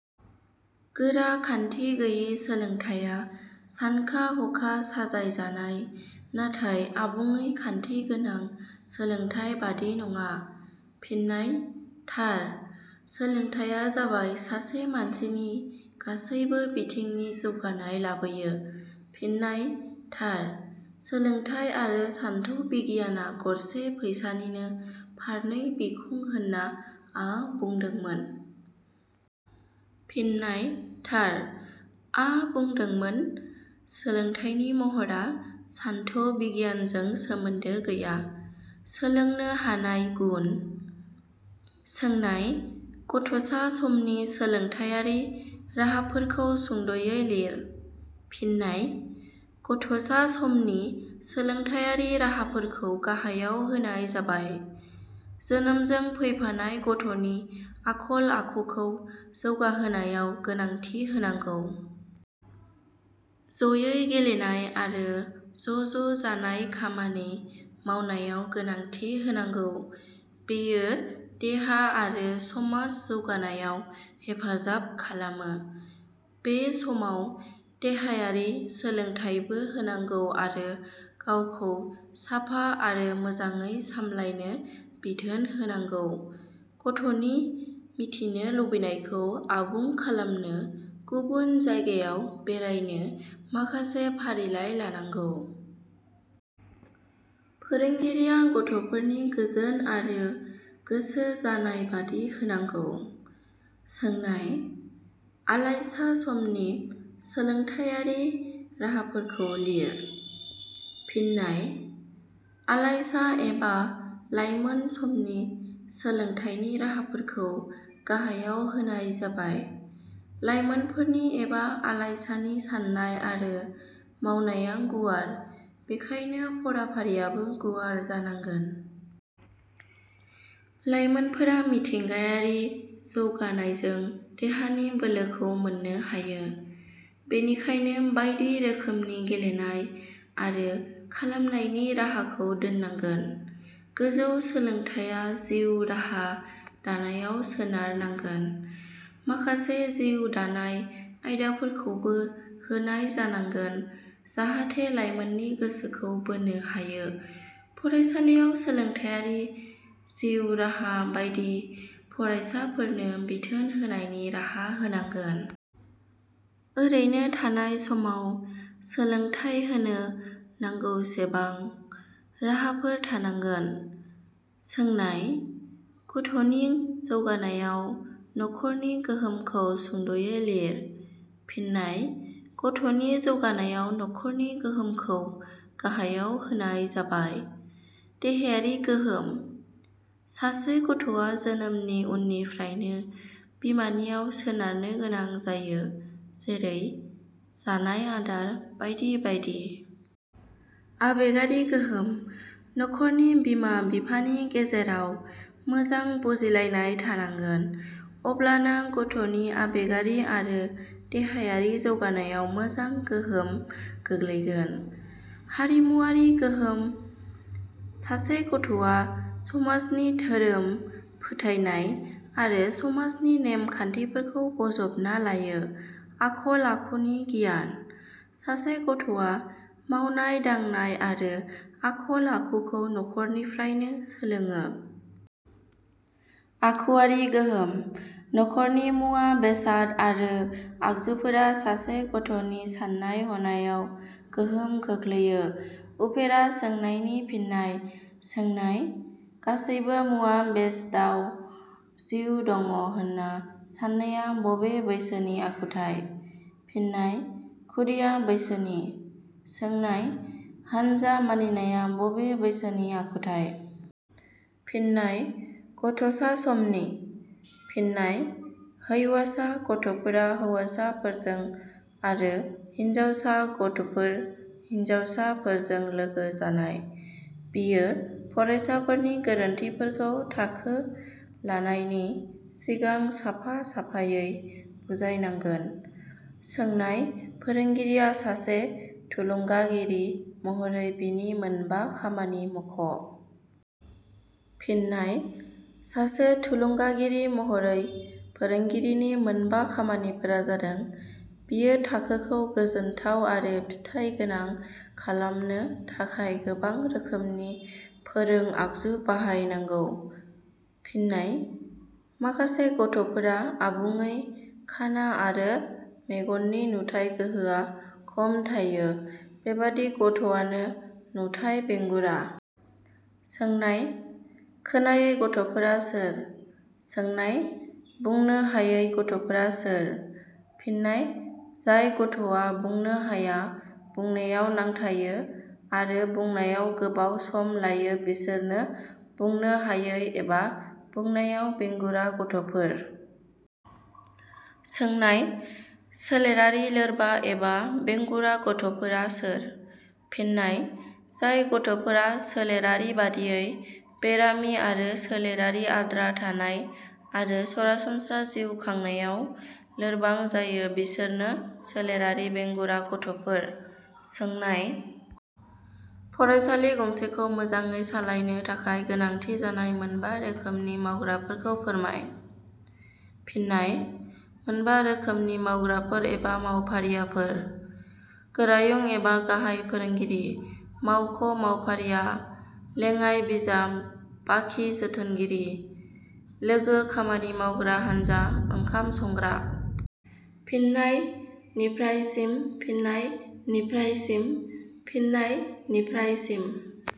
गोरा खान्थि गैयि सोलोंथाइया सानखा-हखा साजायजानाय नाथाय आबुङै खान्थि गोनां सोलोंथाइ बादि नङा। फिननाय: थार।. सोलोंथाइया जाबाय सासे मानसिनि गासैबो बिथिंनि जौगानाय लाबोयो। फिननाय: थार।. सोलोंथाइ आरो सानथौ बिगियाना गरसे फैसानिनो फारनै बिखुं होन्ना आ बुंदोंमोन। फिननाय: थार।. आ बुंदोंमोन सोलोंथाइनि महरा सान्थौ बिगियानजों सोमोन्दो गैया। सोंलोंनो हानाय गुन। सोंनाय-.गथ'सा समनि सोलोंथाइयारि राहाफोरखौ सुंद'यै लिर। फिननाय:गथ'सा समनि सोलोंथाइयारि राहाफोरखौ गाहायाव होनाय जाबाय- जोनोमजों फैफानाय गथ'नि आखल-आखुखौ जौगाहोनायाव गोनांथि होनांगौ। ज'यै गेलेनाय आरो ज'ज'जानाय खामानि मावनायाव गोनांथि होनांगौ। बेयो देहा आरो समाज जौगानायाव हेफाजाब खालामो। बे समाव देहायारि सोलोंथाइबो होनांगौ आरो गावखौ साफा आरो मोजाङै सामलायनो बिथोन होनांगौ। गथ'नि मिथिनो लुबैनायखौ आबुं खालामनो गुबुन जायगायाव बेरायनो माखासे फारिलाइ लानांगौ। फोरोंगिरिया गथ'फोरनि गोजोन आरो गोसो जानाय बादि होनांगौ। सोंनाय-.आलाइसा समनि सोलोंथाइयारि राहाफोरखौ लिर। फिननाय:आलाइसा एबा लाइमोन समनि सोलोंथाइनि राहाफोरखौ गाहायाव होनाय जाबाय- लाइमोनफोरनि एबा आलाइसानि साननाय आरो मावनाया गुवार बेखायनो फराफारियाबो गुवार जानांगोन। लाइमोनफोरा मिथिंगायारि जौगानायजों देहानि बोलोखौ मोननो हायो। बेनिखायनो बायदि रोखोमनि गेलेनाय आरो खालामनायनि राहाखौ दोननांगोन। गोजौ सोलोंथाइया जिउ राहा दानायाव सोनारनांगोन। माखासे जिउ दानाय आयदाफोरखौबो होनाय जानांगोन जाहाथे लाइमोननि गोसोखौ बोनो हायो। फरायसालियाव सोलोंथाइयारि, जिउ राहा बायदि फरायसाफोरनो बिथोन होनायनि राहा होनांगोन। ओरैनो थानाय समाव सोलोंथाइ होनो नांगौसेबां राहाफोर थानांगोन। सोंनाय-.गथ'नि जौगानायाव न'खरनि गोहोमखौ सुंद'यै लिर। फिननाय:गथ'नि जौगानायाव न'खरनि गोहोमखौ गाहायाव होनाय जाबाय- देहायारि गोहोम: सासे गथ'आ जोनोमनि उननिफ्रायनो बिमानियाव सोनारनो गोनां जायो। जेरै-जानाय आदार बायदि बायदि। आबेगारि गोहोम: न'खरनि बिमा-बिफानि गेजेराव मोजां बुजिलायनाय थानांगोन अब्लाना गथ'नि आबेगारि आरो देहायारि जौगानायाव मोजां गोहोम गोग्लैगोन। हारिमुवारि गोहोम: सासे गथ'आ समाजनि धोरोम फोथायनाय आरो समाजनि नेम खान्थिफोरखौ बजबना लायो। आखल-आखुनि गियान: सासे गथ'आ मावनाय दांनाय आरो आखल-आखुखौ न'खरनिफ्रायनो सोलोंङो। आखुवारि गोहोम: न'खरनि मुवा बेसाद आरो आगजुफोरा सासे गथ'नि साननाय हनायाव गोहोम खोख्लैयो। उफेरा सोंनायनि फिननाय सोंनाय-. गासैबो मुवा-बेसदाव जिउ दङ' होन्ना सान्नाया बबे बैसोनि आखुथाइ? फिननाय: खुदिया बैसोनि। सोंनाय-. हानजा मानिनाया बबे बैसोनि आखुथाइ? फिननाय: गथ'सा समनि। फिननाय: हैवासा गथ'फोरा हौवासाफोरजों आरो हिनजावसा गथ 'फोर हिनजावसाफोरजों लोगो जानाय। बियो फ़रायसाफोरनि गोरोन्थिफोरखौ थाखो लानायनि सिगां साफा साफायै बुजायनांगोन। सोंनाय-. फोरोंगिरिया सासे थुलुंगागिरि महरै बिनि मोनबा खामानि मख'। फिन्नाय: सासे थुलुंगागिरि महरै फोरोंगिरिनि मोनबा खामानिफोरा जादों –। बियो थाखोखौ गोजोनथाव आरो फिथाइ गोनां खालामनो थाखाय गोबां रोखोमनि फोरों-आगजु बाहायनांगौ। फिन्नाय: माखासे गथ'फोरा आबुङै खाना आरो मेगननि नुथाइ गोहोआ खम थायो बेबादि गथ'आनो नुथाइ बेंगुरा। सोंनाय –. खोनायै गथ 'फोरा सोर? सोंनाय –. बुंनो हायै गथ फोरा सोर? फिन्नाय: जाय गथ'आ बुंनो हाया, बुंनायाव नांथायो आरो बुंनायाव गोबाव सम लायो बिसोरनो बुंनो हायै एबा बुंनायाव बेंगुरा गथ 'फोर। सोंनाय –. सोलेरारि लोरबा एबा बेंगुरा गथ 'फोरा सोर? फिन्नाय: जाय गथ 'फोरा सोलेरारिबादियै बेरामि आरो सोलेरारि आद्रा थानाय आरो सरासनस्रा जिउ खांनायाव लोरबां जायो बिसोरनो सोलेरारि बेंगुरा गथ 'फोर। सोंनाय –. फरायसालि गंसेखौ मोजाङै सालायनो थाखाय गोनांथि जानाय मोनबा रोखोमनि मावग्राफोरखौ फोरमाय। फिन्नाय: मोनबा रोखोमनि मावग्राफोर एबा मावफारियाफोर- गोरायुं एबा गाहाय फोरोंगिरि। मावख' मावफारिया। लेडाइ बिजाब बाखि जोथोनगिरि। लोगो खामानि मावग्रा हानजा। ओंखाम संग्रा। फिन्नाय: निफ्राय सिम। फिन्नाय: निफ्राय सिम। फिन्नाय: निफ्राय सिम।